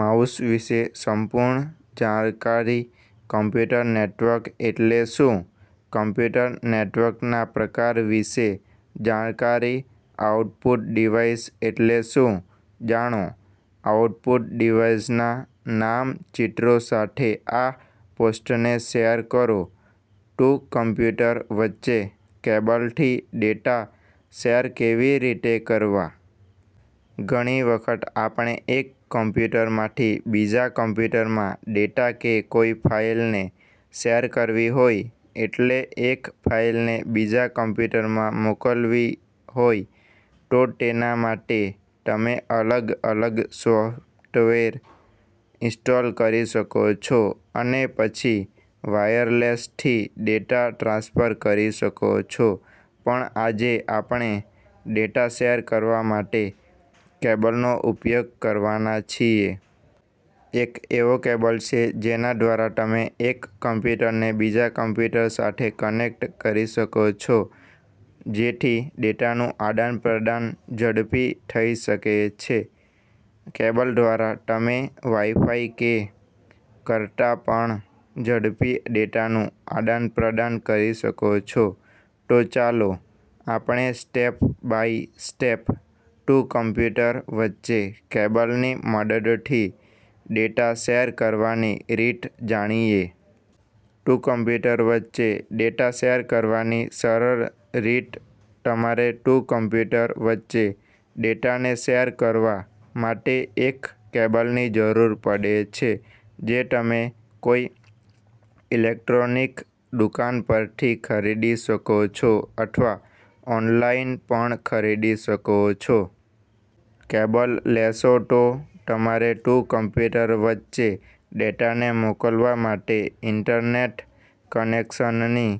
Mouse વિશે સંપૂર્ણ જાણકારી કમ્પ્યુટર નેટવર્ક એટલે શું? કમ્પ્યુટર નેટવર્કના પ્રકાર વિશે જાણકારી આઉટપુટ ડિવાઇસ એટલે શું? જાણો આઉટપુટ ડિવાઇસના નામ ચિત્રો સાથે આ પોસ્ટને શેર કરો. ટુ કમ્પ્યુટર વચ્ચે કેબલથી ડેટા શેર કેવી રીતે કરવા? ઘણી વખત આપણે એક કમ્પ્યુટરમાથી બીજા કમ્પ્યુટરમાં ડેટા કે કોઈ ફાઇલને શેર કરવી હોય એટલે એક ફાઇલને બીજા કમ્પ્યુટરમાં મોકલવી હોય તો તેના માટે તમે અલગ-અલગ સોફ્ટવેર ઇન્સ્ટોલ કરો છો અને પછી વાયરલેસથી ડેટા ટ્રાન્સફર કરો છો પણ આજે આપણે ડેટા શેર કરવા માટે કેબલનો ઉપયોગ કરવાના છીએ. એક એવો કેબલ છે જેના દ્વારા તમે એક કમ્પ્યુટરને બીજા કમ્પ્યુટર સાથે કનેક્ટ કરી શકો છો જેથી ડેટાનું આદાનપ્રદાન ઝડપી થઈ શકે છે. કેબલ દ્વારા તમે વાઈફાઈ કે કરતાં પણ ઝડપી ડેટાનું આદાનપ્રદાન કરી શકો છો, તો ચાલો આપણે step by step two computer વચ્ચે કેબલની મદદથી ડેટા શેર કરવાની રીત જાણીએ. ટુ કમ્પ્યુટર વચ્ચે ડેટા શેર કરવાની સરળ રીત તમારે ટુ કમ્પ્યુટર વચ્ચે ડેટાને શેર કરવા માટે એક કેબલની જરૂર પડે છે જે તમે કોઈ ઈલેક્ટ્રોનિક દુકાન પરથી ખરીદી શકો છો અથવા ઓનલાઇન પણ ખરીદી શકો છો. કેબલ લેશો તો તમારે ટુ કમ્પ્યુટર વચ્ચે ડેટાને મોકલવા માટે ઇન્ટરનેટ કનેક્શનની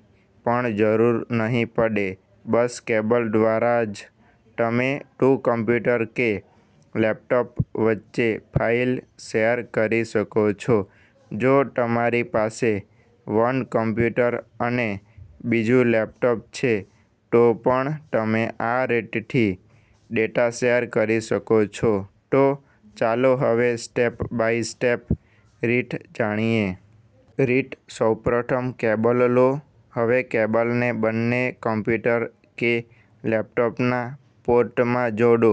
પણ જરૂર નહીં પડે, બસ કેબલ દ્વારા જ તમે ટુ કમ્પ્યુટર કે લેપટોપ વચ્ચે ફાઇલ શેર કરી શકો છો. જો તમારી પાસે વન કમ્પ્યુટર અને બીજું લેપટોપ છે તો પણ તમે આ રીતથી ડેટા શેર કરી શકો છો તો ચાલો હવે સ્ટેપ બાય સ્ટેપ રીત જાણીએ. રીત- સૌપ્રથમ કેબલ લો. હવે કેબલને બંને કમ્પ્યુટર કે લેપટોપના પોર્ટમાં જોડો.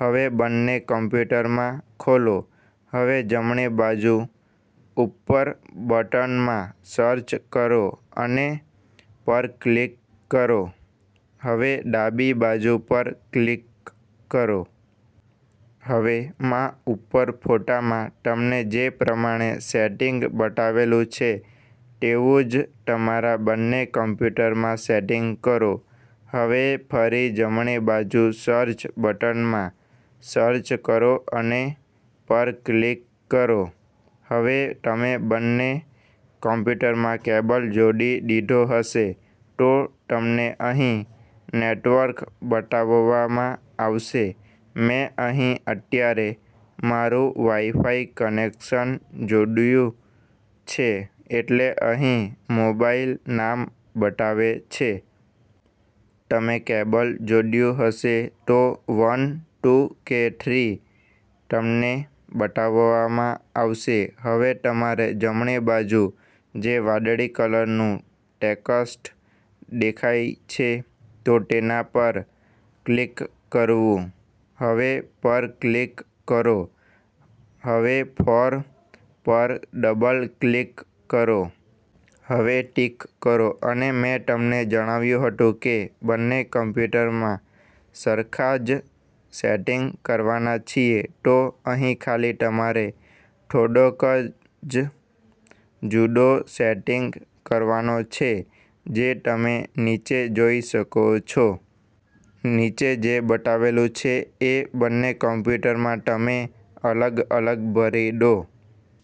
હવે બંને કમ્પ્યુટરમાં ખોલો. હવે જમણી બાજુ ઉપર બટનમાં સર્ચ કરો અને પર ક્લિક કરો. હવે ડાબી બાજુ પર ક્લિક કરો. હવે માં ઉપર ફોટામાં તમને જે પ્રમાણે સેટિંગ બતાવેલું છે તેવું જ તમારા બંને કમ્પ્યુટરમાં સેટિંગ કરો. હવે ફરી જમણી બાજુ સર્ચ બટનમાં સર્ચ કરો અને પર ક્લિક કરો. હવે તમે બંને કમ્પ્યુટરમાં કેબલ જોડી દીધો હશે તો તમને અહી નેટવર્ક બતાવવામાં આવશે, મે અહી અત્યારે મારૂ વાઈફાઈ કનેક્શન જોડયું છે એટલે અહી મોબાઇલ નામ બતાવે છે. તમે કેબલ જોડયું હશે તો વન, ટૂ કે થ્રી તમને બતાવવામાં આવશે. હવે તમારે જમણી બાજુ જે વાદળી કલરનું ટેક્સ્ટ દેખાય છે તો તેના પર ક્લિક કરવું. હવે પર ક્લિક કરો. હવે ફોર પર ડબલ ક્લિક કરો. હવે ટીક કરો અને મે તમને જણાવ્યુ હતું કે બંને કમ્પ્યુટરમાં સરખા જ સેટિંગ કરવાના છીએ તો અહી ખાલી તમારે થોડો ક જ જુદો સેટિંગ કરવાનો છે જે તમે નીચે જોઈ શકો છો. નીચે જે બતાવેલું છે એ બંને કમ્પ્યુટરમાં તમે અલગ-અલગ ભરી દો.